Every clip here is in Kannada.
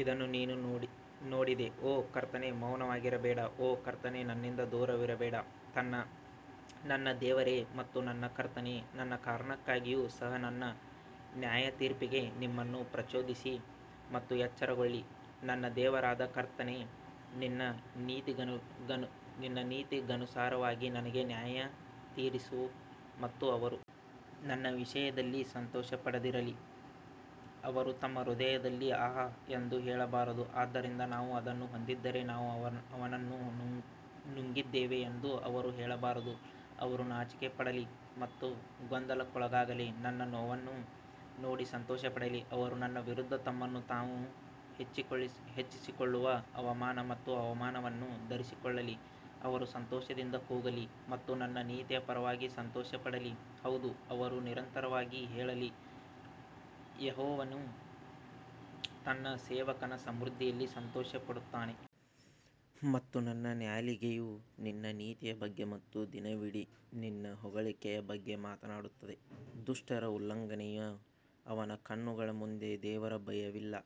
ಇದನ್ನು ನೀನು ನೋಡಿದೆ ಓ ಕರ್ತನೇ ಮೌನವಾಗಿರಬೇಡ ಓ ಕರ್ತನೇ ನನ್ನಿಂದ ದೂರವಿರಬೇಡ ನನ್ನ ದೇವರೇ ಮತ್ತು ನನ್ನ ಕರ್ತನೇ, ನನ್ನ ಕಾರಣಕ್ಕಾಗಿಯೂ ಸಹ ನನ್ನ ನ್ಯಾಯತೀರ್ಪಿಗೆ ನಿಮ್ಮನ್ನು ಪ್ರಚೋದಿಸಿ ಮತ್ತು ಎಚ್ಚರಗೊಳ್ಳಿ ನನ್ನ ದೇವರಾದ ಕರ್ತನೇ ನಿನ್ನ ನೀತಿಗನುಸಾರವಾಗಿ ನನಗೆ ನ್ಯಾಯತೀರಿಸು ಮತ್ತು ಅವರು ನನ್ನ ವಿಷಯದಲ್ಲಿ ಸಂತೋಷಪಡದಿರಲಿ ಅವರು ತಮ್ಮ ಹೃದಯದಲ್ಲಿ ಆಹ್ ಎಂದು ಹೇಳಬಾರದು, ಆದ್ದರಿಂದ ನಾವು ಅದನ್ನು ಹೊಂದಿದ್ದರೆ ನಾವು ಅವನನ್ನು ನುಂಗಿದ್ದೇವೆ ಎಂದು ಅವರು ಹೇಳಬಾರದು ಅವರು ನಾಚಿಕೆಪಡಲಿ ಮತ್ತು ಗೊಂದಲಕ್ಕೊಳಗಾಗಲಿ, ನನ್ನ ನೋವನ್ನು ನೋಡಿ ಸಂತೋಷಪಡಲಿ, ಅವರು ನನ್ನ ವಿರುದ್ಧ ತಮ್ಮನ್ನು ತಾವು ಹೆಚ್ಚಿಸಿಕೊಳ್ಳುವ ಅವಮಾನ ಮತ್ತು ಅವಮಾನವನ್ನು ಧರಿಸಿಕೊಳ್ಳಲಿ ಅವರು ಸಂತೋಷದಿಂದ ಕೂಗಲಿ ಮತ್ತು ನನ್ನ ನೀತಿಯ ಪರವಾಗಿ ಸಂತೋಷಪಡಲಿ, ಹೌದು ಅವರು ನಿರಂತರವಾಗಿ ಹೇಳಲಿ, ಯೆಹೋವನು ತನ್ನ ಸೇವಕನ ಸಮೃದ್ಧಿಯಲ್ಲಿ ಸಂತೋಷಪಡುತ್ತಾನೆ. ಮತ್ತು ನನ್ನ ನಾಲಿಗೆಯು ನಿನ್ನ ನೀತಿಯ ಬಗ್ಗೆ ಮತ್ತು ದಿನವಿಡೀ ನಿನ್ನ ಹೊಗಳಿಕೆಯ ಬಗ್ಗೆ ಮಾತನಾಡುತ್ತದೆ ದುಷ್ಟರ ಉಲ್ಲಂಘನೆಯು ಅವನ ಕಣ್ಣುಗಳ ಮುಂದೆ ದೇವರ ಭಯವಿಲ್ಲ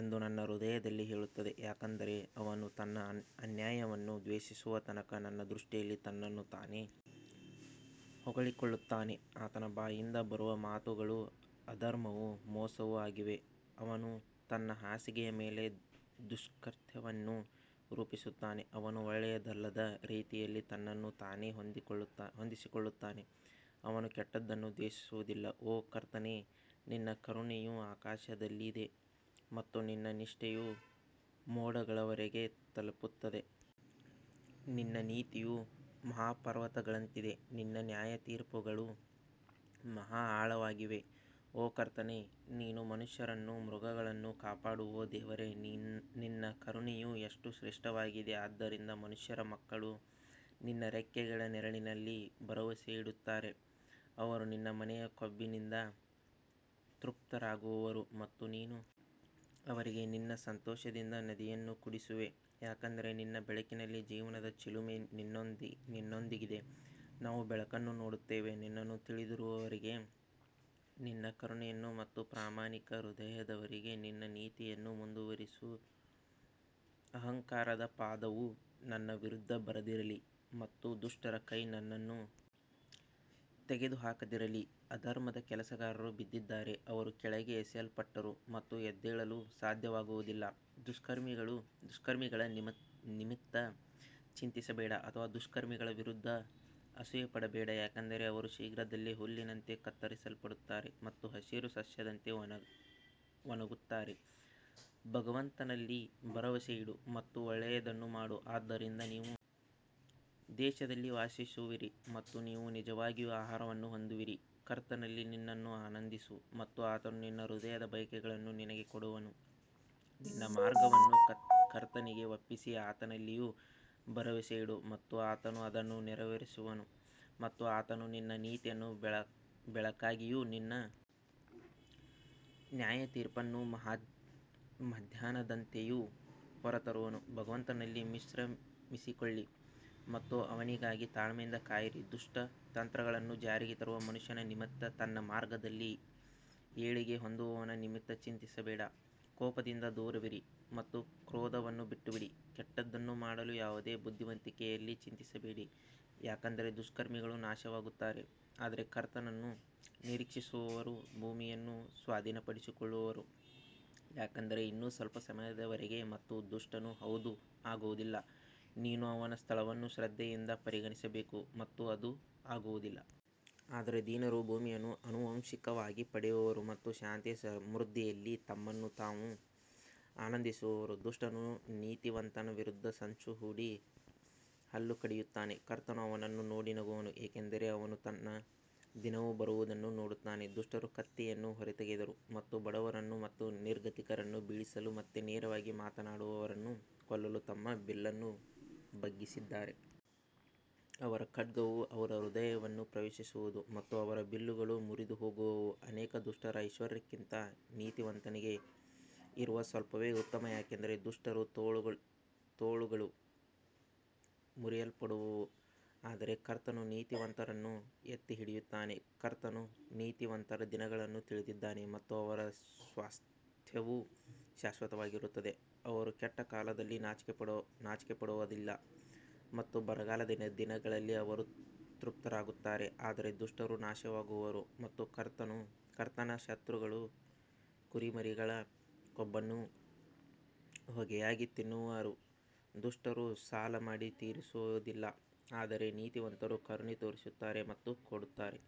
ಎಂದು ನನ್ನ ಹೃದಯದಲ್ಲಿ ಹೇಳುತ್ತದೆ ಯಾಕಂದರೆ ಅವನು ತನ್ನ ಅನ್ಯಾಯವನ್ನು ದ್ವೇಷಿಸುವ ತನಕ ತನ್ನ ದೃಷ್ಟಿಯಲ್ಲಿ ತನ್ನನ್ನು ತಾನೇ ಹೊಗಳಿಕೊಳ್ಳುತ್ತಾನೆ ಆತನ ಬಾಯಿಂದ ಬರುವ ಮಾತುಗಳು ಅಧರ್ಮವೂ ಮೋಸವೂ ಆಗಿವೆ, ಅವನು ತನ್ನ ಹಾಸಿಗೆಯ ಮೇಲೆ ದುಷ್ಕೃತ್ಯವನ್ನು ರೂಪಿಸುತ್ತಾನೆ, ಅವನು ಒಳ್ಳೆಯದಲ್ಲದ ರೀತಿಯಲ್ಲಿ ತನ್ನನ್ನು ತಾನೇ ಹೊಂದಿಸಿಕೊಳ್ಳುತ್ತಾನೆ, ಅವನು ಕೆಟ್ಟದ್ದನ್ನು ದ್ವೇಷಿಸುವುದಿಲ್ಲ ಓ ಕರ್ತನೇ ನಿನ್ನ ಕರುಣೆಯು ಆಕಾಶದಲ್ಲಿದೆ ಮತ್ತು ನಿನ್ನ ನಿಷ್ಠೆಯು ಮೋಡಗಳವರೆಗೆ ತಲುಪುತ್ತದೆ ನಿನ್ನ ನೀತಿಯು ಮಹಾಪರ್ವತಗಳಂತಿದೆ ನಿನ್ನ ನ್ಯಾಯತೀರ್ಪುಗಳು ಮಹಾ ಆಳವಾಗಿವೆ ಓ ಕರ್ತನೇ ನೀನು ಮನುಷ್ಯರನ್ನೂ ಮೃಗಗಳನ್ನೂ ಕಾಪಾಡು ಓ ದೇವರೇ ನಿನ್ನ ಕರುಣೆಯು ಎಷ್ಟು ಶ್ರೇಷ್ಠವಾಗಿದೆ, ಆದ್ದರಿಂದ ಮನುಷ್ಯರ ಮಕ್ಕಳು ನಿನ್ನ ರೆಕ್ಕೆಗಳ ನೆರಳಿನಲ್ಲಿ ಭರವಸೆಯಿಡುತ್ತಾರೆ ಅವರು ನಿನ್ನ ಮನೆಯ ಕೊಬ್ಬಿನಿಂದ ತೃಪ್ತರಾಗುವರು ಮತ್ತು ನೀನು ಅವರಿಗೆ ನಿನ್ನ ಸಂತೋಷದ ನದಿಯನ್ನು ಕುಡಿಸುವೆ ಯಾಕಂದರೆ ನಿನ್ನ ಬೆಳಕಿನಲ್ಲಿ ಜೀವನದ ಚಿಲುಮೆ ನಿನ್ನೊಂದಿಗಿದೆ ನಾವು ಬೆಳಕನ್ನು ನೋಡುತ್ತೇವೆ ನಿನ್ನನ್ನು ತಿಳಿದಿರುವವರಿಗೆ ನಿನ್ನ ಕರುಣೆಯನ್ನು ಮತ್ತು ಪ್ರಾಮಾಣಿಕ ಹೃದಯದವರಿಗೆ ನಿನ್ನ ನೀತಿಯನ್ನು ಮುಂದುವರಿಸು ಅಹಂಕಾರದ ಪಾದವು ನನ್ನ ವಿರುದ್ಧ ಬರದಿರಲಿ ಮತ್ತು ದುಷ್ಟರ ಕೈ ನನ್ನನ್ನು ತೆಗೆದುಹಾಕದಿರಲಿ ಅಧರ್ಮದ ಕೆಲಸಗಾರರು ಬಿದ್ದಿದ್ದಾರೆ ಅವರು ಕೆಳಗೆ ಎಸೆಯಲ್ಪಟ್ಟರು ಮತ್ತು ಎದ್ದೇಳಲು ಸಾಧ್ಯವಾಗುವುದಿಲ್ಲ ದುಷ್ಕರ್ಮಿಗಳ ನಿಮಿತ್ತ ಚಿಂತಿಸಬೇಡ ಅಥವಾ ದುಷ್ಕರ್ಮಿಗಳ ವಿರುದ್ಧ ಅಸೂಯೆಪಡಬೇಡ ಯಾಕಂದರೆ ಅವರು ಶೀಘ್ರದಲ್ಲೇ ಹುಲ್ಲಿನಂತೆ ಕತ್ತರಿಸಲ್ಪಡುತ್ತಾರೆ ಮತ್ತು ಹಸಿರು ಸಸ್ಯದಂತೆ ಒಣಗುತ್ತಾರೆ ಭಗವಂತನಲ್ಲಿ ಭರವಸೆಯಿಡು ಮತ್ತು ಒಳ್ಳೆಯದನ್ನು ಮಾಡು, ಆದ್ದರಿಂದ ನೀವು ದೇಶದಲ್ಲಿ ವಾಸಿಸುವಿರಿ ಮತ್ತು ನೀವು ನಿಜವಾಗಿಯೂ ಆಹಾರವನ್ನು ಹೊಂದುವಿರಿ ಕರ್ತನಲ್ಲಿ ನಿನ್ನನ್ನು ಆನಂದಿಸು ಮತ್ತು ಆತನು ನಿನ್ನ ಹೃದಯದ ಬಯಕೆಗಳನ್ನು ನಿನಗೆ ಕೊಡುವನು ನಿನ್ನ ಮಾರ್ಗವನ್ನು ಕರ್ತನಿಗೆ ಒಪ್ಪಿಸಿ ಆತನಲ್ಲಿಯೂ ಭರವಸೆಯಿಡು ಮತ್ತು ಆತನು ಅದನ್ನು ನೆರವೇರಿಸುವನು ಮತ್ತು ಆತನು ನಿನ್ನ ನೀತಿಯನ್ನು ಬೆಳಕಾಗಿಯೂ ನಿನ್ನ ನ್ಯಾಯತೀರ್ಪನ್ನು ಮಧ್ಯಾಹ್ನದಂತೆಯೂ ಹೊರತರುವನು ಭಗವಂತನಲ್ಲಿ ವಿಶ್ರಮಿಸಿಕೊಳ್ಳಿ ಮತ್ತು ಅವನಿಗಾಗಿ ತಾಳ್ಮೆಯಿಂದ ಕಾಯಿರಿ, ದುಷ್ಟ ತಂತ್ರಗಳನ್ನು ಜಾರಿಗೆ ತರುವ ಮನುಷ್ಯನ ನಿಮಿತ್ತ ತನ್ನ ಮಾರ್ಗದಲ್ಲಿ ಏಳಿಗೆ ಹೊಂದುವವನ ನಿಮಿತ್ತ ಚಿಂತಿಸಬೇಡ ಕೋಪದಿಂದ ದೂರವಿರಿ ಮತ್ತು ಕ್ರೋಧವನ್ನು ಬಿಟ್ಟುಬಿಡಿ, ಕೆಟ್ಟದ್ದನ್ನು ಮಾಡಲು ಯಾವುದೇ ಬುದ್ಧಿವಂತಿಕೆಯಲ್ಲಿ ಚಿಂತಿಸಬೇಡಿ ಯಾಕಂದರೆ ದುಷ್ಕರ್ಮಿಗಳು ನಾಶವಾಗುತ್ತಾರೆ ಆದರೆ ಕರ್ತನನ್ನು ನಿರೀಕ್ಷಿಸುವವರು ಭೂಮಿಯನ್ನು ಸ್ವಾಧೀನಪಡಿಸಿಕೊಳ್ಳುವರು ಯಾಕಂದರೆ ಇನ್ನೂ ಸ್ವಲ್ಪ ಸಮಯದವರೆಗೆ ಮತ್ತು ದುಷ್ಟನು ಹೌದು ಆಗುವುದಿಲ್ಲ, ನೀನು ಅವನ ಸ್ಥಳವನ್ನು ಶ್ರದ್ಧೆಯಿಂದ ಪರಿಗಣಿಸಬೇಕು ಮತ್ತು ಅದು ಆಗುವುದಿಲ್ಲ. ಆದರೆ ದೀನರು ಭೂಮಿಯನ್ನು ಆನುವಂಶಿಕವಾಗಿ ಪಡೆಯುವರು ಮತ್ತು ಶಾಂತಿಯ ಸಮೃದ್ಧಿಯಲ್ಲಿ ತಮ್ಮನ್ನು ತಾವು ಆನಂದಿಸುವರು ದುಷ್ಟನು ನೀತಿವಂತನ ವಿರುದ್ಧ ಸಂಚು ಹೂಡಿ ಹಲ್ಲು ಕಡಿಯುತ್ತಾನೆ ಕರ್ತನು ಅವನನ್ನು ನೋಡಿ ನಗುವನು ಏಕೆಂದರೆ ಅವನು ತನ್ನ ದಿನವು ಬರುವುದನ್ನು ನೋಡುತ್ತಾನೆ ದುಷ್ಟರು ಕತ್ತಿಯನ್ನು ಹೊರತೆಗೆದರು ಮತ್ತು ಬಡವರನ್ನು ಮತ್ತು ನಿರ್ಗತಿಕರನ್ನು ಬೀಳಿಸಲು ಮತ್ತು ನೇರವಾಗಿ ಮಾತನಾಡುವವರನ್ನು ಕೊಲ್ಲಲು ತಮ್ಮ ಬಿಲ್ಲನ್ನು ಬಗ್ಗಿಸಿದ್ದಾರೆ. ಅವರ ಖಡ್ಗವು ಅವರ ಹೃದಯವನ್ನು ಪ್ರವೇಶಿಸುವದು ಮತ್ತು ಅವರ ಬಿಲ್ಲುಗಳು ಮುರಿದುಹೋಗುವವು ಅನೇಕ ದುಷ್ಟರ ಐಶ್ವರ್ಯಕ್ಕಿಂತ ನೀತಿವಂತನಿಗೆ ಇರುವ ಸ್ವಲ್ಪವೇ ಉತ್ತಮ ಯಾಕಂದರೆ ದುಷ್ಟರ ತೋಳುಗಳು ಮುರಿಯಲ್ಪಡುವವು ಆದರೆ ಕರ್ತನು ನೀತಿವಂತರನ್ನು ಎತ್ತಿ ಹಿಡಿಯುತ್ತಾನೆ ಕರ್ತನು ನೀತಿವಂತರ ದಿನಗಳನ್ನು ತಿಳಿದಿದ್ದಾನೆ ಮತ್ತು ಅವರ ಸ್ವಾಸ್ತ್ಯವು ಶಾಶ್ವತವಾಗಿರುತ್ತದೆ ಅವರು ಕೆಟ್ಟ ಕಾಲದಲ್ಲಿ ನಾಚಿಕೆಪಡುವದಿಲ್ಲ ಮತ್ತು ಬರಗಾಲದ ದಿನಗಳಲ್ಲಿ ಅವರು ತೃಪ್ತರಾಗುತ್ತಾರೆ ಆದರೆ ದುಷ್ಟರು ನಾಶವಾಗುವರು ಮತ್ತು ಕರ್ತನ ಶತ್ರುಗಳು ಕುರಿಮರಿಗಳ ಕೊಬ್ಬನ್ನು ಹೊಗೆಯಾಗಿ ತಿನ್ನುವರು ದುಷ್ಟರು ಸಾಲ ಮಾಡಿ ತೀರಿಸುವುದಿಲ್ಲ ಆದರೆ ನೀತಿವಂತರು ಕರುಣೆ ತೋರಿಸುತ್ತಾರೆ ಮತ್ತು ಕೊಡುತ್ತಾರೆ.